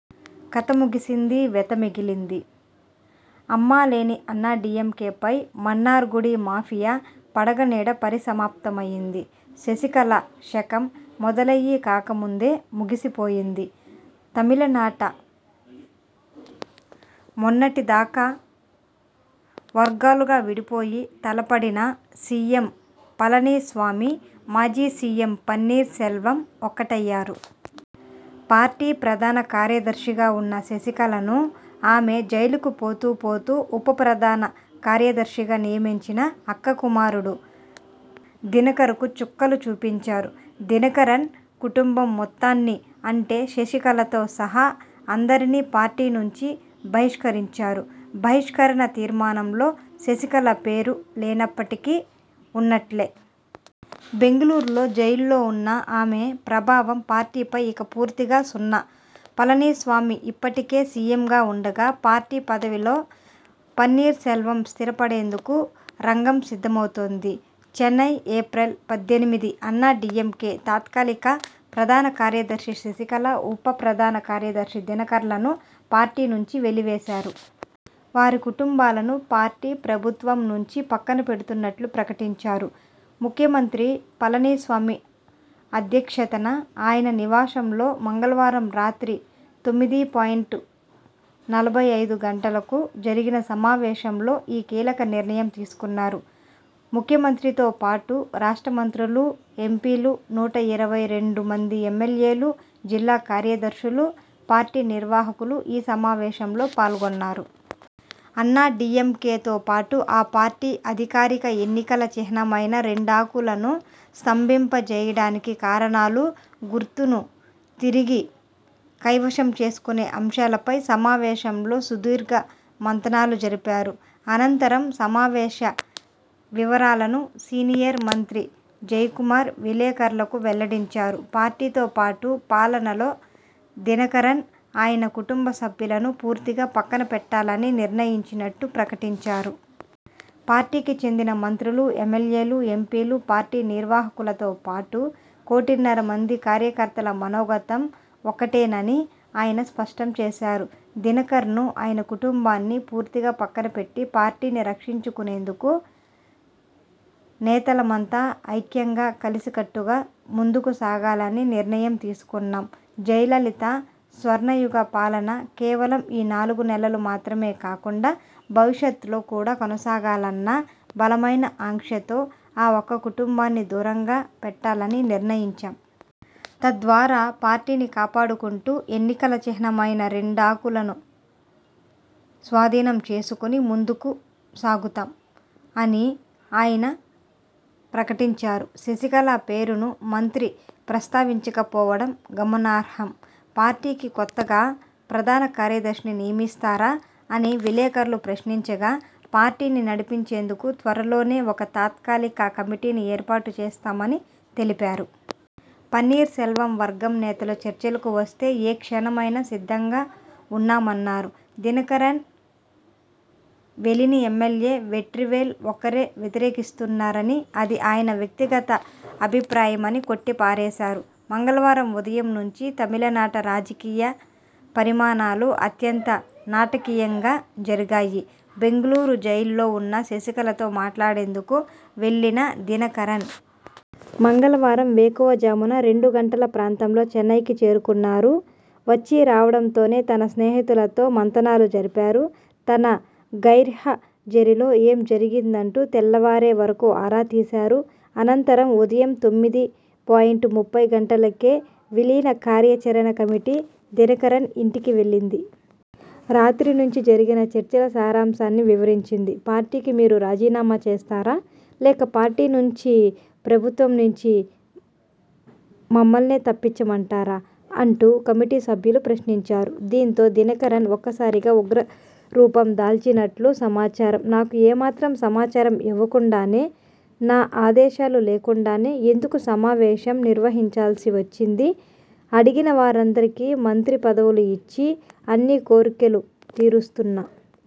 కథ ముగిసింది. వెత మిగిలింది. 'అమ్మ' లేని అన్నా డీఎంకే పై మన్నార్గుడి మాఫియా పడగ నీడ పరిసమాప్తమైంది. శశికళ శకం మొదలయ్యీ కాకముందే ముగిసిపోయింది. తమిళనాట మొన్నటి దాకా వర్గాలుగా విడిపోయి తలపడిన సీఎం పళని స్వామి, మాజీ సీఎం పన్నీర్ సెల్వం ఒక్కటయ్యారు. పార్టీ ప్రధాన కార్యదర్శిగా ఉన్న శశికళను, ఆమె జైలుకు పోతూ పోతూ ఉప ప్రధాన కార్యదర్శిగా నియమించిన 'అక్క కుమారుడు' దినకరన్కూ చుక్కలు చూపించారు. దినకరన్ కుటుంబం మొత్తాన్నిఅంటే శశికళతో సహా అందరినీ పార్టీ నుంచి బహిష్కరించారు. బహిష్కరణ తీర్మానంలో శశికళ పేరు లేనప్పటికీ ఉన్నట్లే! బెంగళూరు జైలులో ఉన్న ఆమె ప్రభావం పార్టీపై ఇక పూర్తిగా సున్నా! పళనిస్వామి ఇప్పటికే సీఎంగా ఉండగా పార్టీ పదవిలో పన్నీర్ సెల్వం స్థిరపడేందుకు రంగం సిద్ధమవుతోంది. చెన్నై, ఏప్రిల్ పద్దెనిమిది అన్నా డీఎంకే తాత్కాలిక ప్రధాన కార్యదర్శి శశికళ, ఉప ప్రధాన కార్యదర్శి దినకరన్లను పార్టీ నుంచి వెలి వేశారు. వారి కుటుంబాలను పార్టీ, ప్రభుత్వం నుంచి పక్కన పెడుతున్నట్లు ప్రకటించారు. ముఖ్యమంత్రి పళని స్వామి అధ్యక్షతన ఆయన నివాసంలో మంగళవారం రాత్రి తొమ్మిది పాయింట్ నలభై ఐదు గంటలకు జరిగిన సమావేశంలో ఈ కీలక నిర్ణయం తీసుకున్నారు. ముఖ్యమంత్రితో పాటు రాష్ట్ర మంత్రులు, ఎంపీలు, నూట ఇరవై రెండు మంది ఎమ్మెల్యేలు, జిల్లా కార్యదర్శులు, పార్టీ నిర్వాహకులు ఈ సమావేశంలో పాల్గొన్నారు. అన్నా డీఎంకేతో పాటు ఆ పార్టీ అధికారిక ఎన్నికల చిహ్నమైన రెండాకులను స్తంభింపజేయడానికి కారణాలు, గుర్తును తిరిగి కైవసం చేసుకునే అంశాలపై సమావేశంలో సుదీర్ఘ మంతనాలు జరిపారు. అనంతరం సమావేశ వివరాలను సీనియర్ మంత్రి జయకుమార్ విలేకరులకు వెల్లడించారు. పార్టీతో పాటు పాలనలో దినకరన్, ఆయన కుటుంబ సభ్యులను పూర్తిగా పక్కనబెట్టాలని నిర్ణయించినట్టు ప్రకటించారు. పార్టీకి చెందిన మంత్రులు, ఎమ్మెల్యేలు, ఎంపీలు, పార్టీ నిర్వాహకులతోపాటు కోటిన్నర మంది కార్యకర్తల మనోగతం ఒక్కటేనని ఆయన స్పష్టం చేశారు. ''దినకరన్ను, ఆయన కుటుంబాన్ని పూర్తిగా పక్కనబెట్టి పార్టీని రక్షించుకునేందుకు నేతలమంతా ఐక్యంగా కలిసికట్టుగా ముందుకు సాగాలని నిర్ణయం తీసుకున్నాం. జయలలిత స్వర్ణయుగ పాలన కేవలం ఈ నాలుగు నెలలు మాత్రమే కాకుండా, భవిష్యత్లో కూడా కొనసాగాలన్న బలమైన ఆకాంక్షతో ఆ ఒక్క కుటుంబాన్ని దూరంగా పెట్టాలని నిర్ణయించాం. తద్వారా పార్టీని కాపాడుకుంటూ ఎన్నికల చిహ్నమైన రెండాకులను స్వాధీనం చేసుకుని ముందుకు సాగుతాం'' అని ఆయన ప్రకటించారు. శశికళ పేరును మంత్రి ప్రస్తావించక పోవడం గమనార్హం. పార్టీకి కొత్తగా ప్రధాన కార్యదర్శిని నియమిస్తారా అని విలేకరులు ప్రశ్నించగా.. పార్టీని నడిపించేందుకు త్వరలోనే ఒక తాత్కాలిక కమిటీని ఏర్పాటు చేస్తామని తెలిపారు. పన్నీర్ సెల్వం వర్గం నేతలు చర్చలకు వస్తే ఏ క్షణమైనా సిద్ధంగా ఉన్నామన్నారు. దినకరన్ వెలిని ఎమ్మెల్యే వెట్రివేల్ ఒక్కరే వ్యతిరేకిస్తున్నారని, అది ఆయన వ్యక్తిగత అభిప్రాయమని కొట్టి పారేశారు. మంగళవారం ఉదయం నుంచీ తమిళనాట రాజకీయ పరిణామాలు అత్యంత నాటకీయంగా జరిగాయి. బెంగళూరు జైల్లో ఉన్న శశికళతో మాట్లాడేందుకు వెళ్లిన దినకరన్.. మంగళవారం వేకువ జామున రెండు గంటల ప్రాంతంలో చెన్నైకి చేరుకున్నారు. వచ్చీ రావడంతోనే తన సన్నిహితులతో మంతనాలు జరిపారు. తన గైర్హా జరీలో ఏం జరిగిందంటూ తెల్లవారే వరకూ ఆరా తీశారు. అనంతరం ఉదయం తొమ్మిది పాయింట్ ముప్పై గంటలకే విలీన కార్యాచరణ కమిటీ దినకరన్ ఇంటికి వెళ్లింది. రాత్రి నుంచీ జరిగిన చర్చల సారాంశాన్ని వివరించింది. 'పార్టీకి మీరు రాజీనామా చేస్తారా? లేక పార్టీ నుంచి ప్రభుత్వం నుంచి మమ్మల్నే తప్పించమంటారా? ' అంటూ కమిటీ సభ్యులు ప్రశ్నించారు. దీంతో దినకరన్ ఒక్కసారిగా ఉగ్రరూపం దాల్చినట్లు సమాచారం. ''నాకు ఏమాత్రం సమాచారం ఇవ్వకుండానే, నా ఆదేశాలు లేకుండానే ఎందుకు సమావేశం నిర్వహించాల్సి వచ్చింది? అడిగిన వారందరికీ మంత్రి పదవులు ఇచ్చి, అన్ని కోర్కెలూ తీరుస్తున్నా